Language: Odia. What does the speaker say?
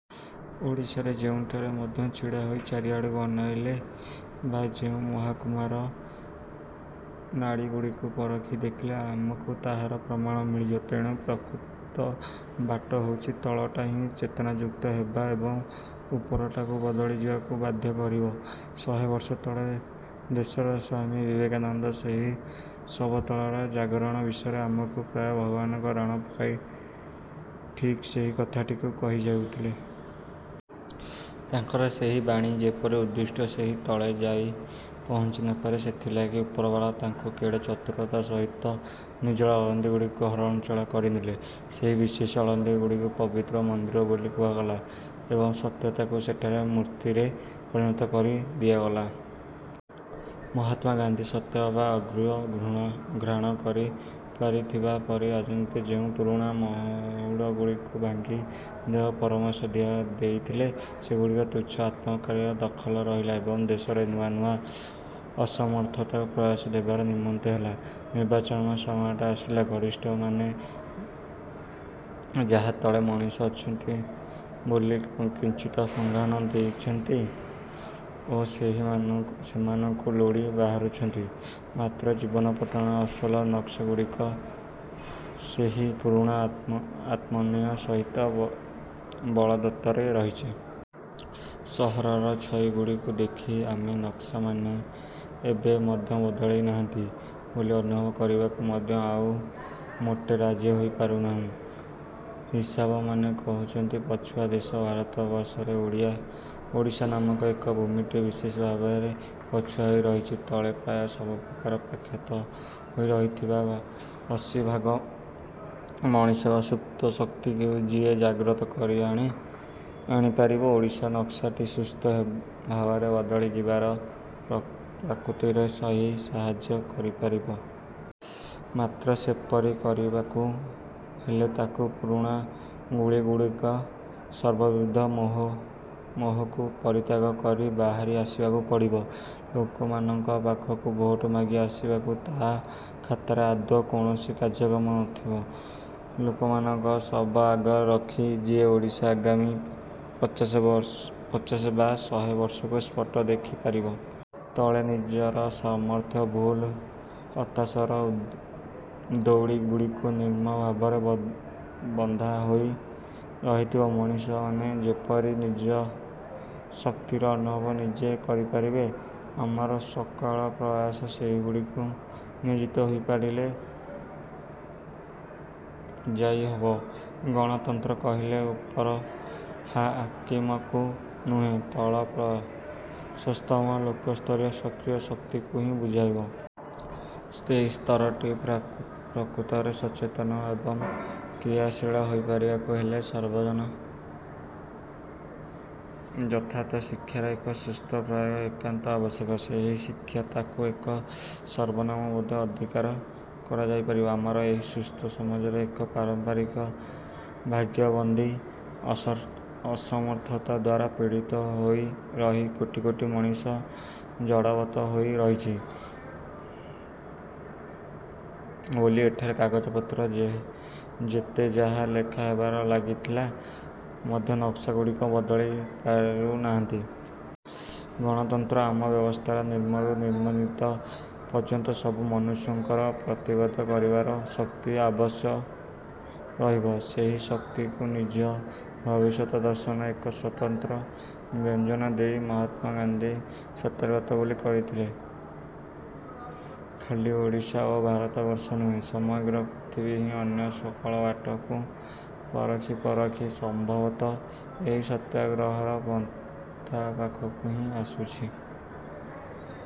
ଓଡ଼ିଶାରେ ଯେଉଁଠାରେ ମଧ୍ୟ ଛିଡ଼ା ହୋଇ ଚାରିଆଡ଼କୁ ଅନାଇଲେ ବା ଯେଉଁ ମହକୁମାର ନାଡ଼ିଗୁଡ଼ାକୁ ପରଖି ଦେଖିଲେ ଆମକୁ ତାହାର ପ୍ରମାଣ ମିଳିଯିବ। ତେଣୁ, ପ୍ରକୃତ ବାଟ ହେଉଛି, ତଳଟା ହିଁ ଚେତନାଯୁକ୍ତ ହେବ ଏବଂ ଉପରଟାକୁ ବଦଳି ଯିବାକୁ ବାଧ୍ୟ କରିବ। ଶହେବର୍ଷ ତଳେ ଦେଶରେ ସ୍ୱାମୀ ବିବେକାନନ୍ଦ ସେହି ସବାତଳର ଜାଗରଣ ବିଷୟରେ ଆମକୁ ପ୍ରାୟ ଭଗବାନଙ୍କର ରାଣ ପକାଇ ଠିକ୍ ସେହି କଥାଟିକୁ କହି ଯାଇଥିଲେ। ତାଙ୍କର ସେହି ବାଣୀ। ଯେପରି ଉଦ୍ଦିଷ୍ଟ ସେହି ତଳେ ଯାଇ ପହଞ୍ଚି ନପାରିବ, ସେଥିଲାଗି ଉପରବାଲାଏ ତାଙ୍କୁ କେଡ଼େ ଚତୁରତାର ସହିତ ନିଜର ଅଳିନ୍ଦଗୁଡ଼ାକୁ ହରଣଚାଳ କରିନେଲେ। ସେହି ବିଶେଷ ଅଳିନ୍ଦଗୁଡ଼ାକୁ ପବିତ୍ର ମନ୍ଦିର ବୋଲି କୁହାଗଲା ଏବଂ ସତ୍ୟକୁ ସେଠାରେ ମୂର୍ତ୍ତିରେ ପରିଣତ କରି ରଖି ଦିଆଗଲା। ମହାତ୍ମା ଗାନ୍ଧୀ ସତେଅବା ଆଗରୁ ଘ୍ରାଣ କରି ପାରିଥିବା ପରି ରାଜନୀତିରେ ଯେଉଁ ପୁରୁଣା ମହୁଡ଼ଗୁଡ଼ାକୁ ଭାଙ୍ଗି ଦେବାକୁ ପରାମର୍ଶ ଦେଇଥିଲେ, ସେଗୁଡ଼ିକ ତୁଚ୍ଛା ଆତ୍ମକାମୀମାନଙ୍କର ଦଖଲରେ ରହିଗଲା ଏବଂ ଦେଶରେ ନୂଆ ନୂଆ ଅସମର୍ଥତାକୁ ପ୍ରଶ୍ରୟ ଦେବାରେ ନିମିତ୍ତ ହେଲା। ନିର୍ବାଚନ ସମୟଟାଏ ଆସିଲେ ଗରିଷ୍ଠମାନେ ଯାହା ତଳେ ମଣିଷମାନେ ଅଛନ୍ତି ବୋଲି କିଞ୍ଚିତ୍ ସଜ୍ଞାନ ହେଉଛନ୍ତି, ଓ ସେମାନଙ୍କୁ ଲୋଡ଼ି ବାହାରୁଛନ୍ତି, ମାତ୍ର ଜୀବନପାଟଣାର ଅସଲ ନକ୍ସାଗୁଡ଼ାକ ସେହି ପୁରୁଣା ଅନମନୀୟତା ସହିତ ହିଁ ବଳବତ୍ତର ରହିଛି। ସହରର ଛଇଗୁଡ଼ାକୁ ଦେଖି ଆମେ ନକ୍ସାମାନେ ଏବେ ମଧ୍ୟ ବଦଳି ନାହାନ୍ତି ବୋଲି ଅନୁଭବ କରିବାକୁ ମଧ୍ୟ ଆଉ ମୋଟେ ରାଜି ହୋଇପାରୁ ନାହୁଁ। ହିସାବମାନେ କହୁଛନ୍ତି, ପଛୁଆ ଦେଶ ଭାରତବର୍ଷରେ ଓଡ଼ିଶା ନାମକ ଏହି ଭୂମିଟି ବିଶେଷ ଭାବରେ ପଛୁଆ ହୋଇ ରହିଛି। ତଳେ ପ୍ରାୟ ସବୁପ୍ରକାରେ ପ୍ରତ୍ୟାଖ୍ୟାତ ହୋଇ ରହିଥିବା ଅଶୀଭାଗ ମଣିଷଙ୍କର ସୁପ୍ତ ଶକ୍ତିକୁ ଯିଏ ଜାଗ୍ରତ କରିଆଣି ପାରିବ, ଓଡ଼ିଶାର ନକ୍ସାଟା ସୁସ୍ଥ ଭାବରେ ବଦଳି ଯିବାରେ ପ୍ରକୃତରେ ସେଇ ସାହାଯ୍ୟ କରିପାରିବ। ମାତ୍ର, ସେପରି କରିପାରିବାକୁ ହେଲେ ତାକୁ ପୁରୁଣା ଗୁଳାଗୁଡ଼ାକର ସର୍ବବିଧ ମୋହକୁ ପରିତ୍ୟାଗ କରି ବାହାରି ଆସିବାକୁ ପଡ଼ିବ। ଲୋକମାନଙ୍କ ପାଖକୁ ଭୋଟ ମାଗି ଆସିବାକୁ ତା' ଖାତାରେ ଆଦୌ କୌଣସି କାର୍ଯ୍ୟକ୍ରମ ନଥିବ। ଲୋକମାନଙ୍କୁ ସବାଆଗରେ ରଖି ଯିଏ ଓଡ଼ିଶାରେ ଆଗାମୀ ପଚାଶ ବା ଶହେ ବର୍ଷକୁ ସ୍ପଷ୍ଟ ଦେଖି ପାରୁଥିବ। ତଳେ ନିଜର ସାମର୍ଥ୍ୟ ଭୁଲି ହତାଶାର ଦଉଡ଼ିଗୁଡ଼ାକରେ ନିର୍ମମ ଭାବରେ ବନ୍ଧାହୋଇ ରହିଥିବା ମଣିଷମାନେ ଯେପରି ନିଜ ଶକ୍ତିର ଅନୁଭବ ନିଜେ କରିପାରିବେ, ଆମର ସକଳ ପ୍ରୟାସ ସେହିଆଡ଼କୁ ନିୟୋଜିତ ହୋଇପାରିଲେ ଯାଇ ହେବ। ଗଣତନ୍ତ୍ର କହିଲେ ଉପର ହାକିମକୁ ନୁହେଁ, ତଳ ପ୍ରଶସ୍ତତମ ଲୋକସ୍ତରର ସକ୍ରିୟ ଶକ୍ତିକୁ ହିଁ ବୁଝାଇବ। ସେହି ସ୍ତରଟି ପ୍ରକୃତରେ ସଚେତନ ଏବଂ କ୍ରିୟାଶୀଳ ହୋଇପାରିବାକୁ ହେଲେ ,ସାର୍ବଜନୀନ ଯଥାର୍ଥ ଶିକ୍ଷାର ଏକ ସୁସ୍ଥ ପ୍ରୟୋଗ ଏକାନ୍ତ ଆବଶ୍ୟକ। ସେହି ଶିକ୍ଷା ତାହାକୁ ଏକ ସମ୍ମାନବୋଧର ଅଧିକାରୀ କରାଇ ପାରୁଥିବ। ଆମର ଏହି ଅସୁସ୍ଥ ସମାଜରେ ଏକ ପାରମ୍ପରିକ ଭାଗ୍ୟବାଦୀ ଅସମର୍ଥତା ଦ୍ଵାରା ପୀଡ଼ିତ ହୋଇ ରହି କୋଟି କୋଟି ମଣିଷ ଜଡ଼ବତ୍ ହୋଇ ରହିଛନ୍ତି, ବୋଲି ଏଠାରେ କାଗଜପତ୍ରରେ ଯେତେଯାହା ଲେଖାହେବାରେ ଲାଗିଥିଲେ ମଧ୍ୟ ନକ୍ସାଗୁଡ଼ିକ ବଦଳି ପାରୁନାହାନ୍ତି। ଗଣତନ୍ତ୍ରର ଆମ ବ୍ୟବସ୍ଥାରେ ନିମ୍ନରୁ ନିମ୍ନତମ ପର୍ଯ୍ୟନ୍ତ ସବୁ ମନୁଷ୍ୟଙ୍କର ପ୍ରତିବାଦ କରିବାର ଶକ୍ତି ଅବଶ୍ୟ ରହିବ। ସେହି ଶକ୍ତିକୁ ନିଜ ଭବିଷ୍ୟଦର୍ଶନର ଏକ ସ୍ୱତନ୍ତ୍ର ବ୍ୟଞ୍ଜନା ଦେଇ ମହାତ୍ମା ଗାନ୍ଧୀ ସତ୍ୟାଗ୍ରହ ବୋଲି କହିଥିଲେ। ଖାଲି ଓଡ଼ିଶା ବା ଭାରତବର୍ଷ ନୁହେଁ, ସମଗ୍ର ପୃଥବୀ ହିଁ ଅନ୍ୟ ସକଳ ବାଟକୁ ପରଖି ପରଖି ସମ୍ଭବତଃ ଏହି ସତ୍ୟାଗ୍ରହର ପନ୍ଥା ପାଖକୁ ହିଁ ଆସୁଛି।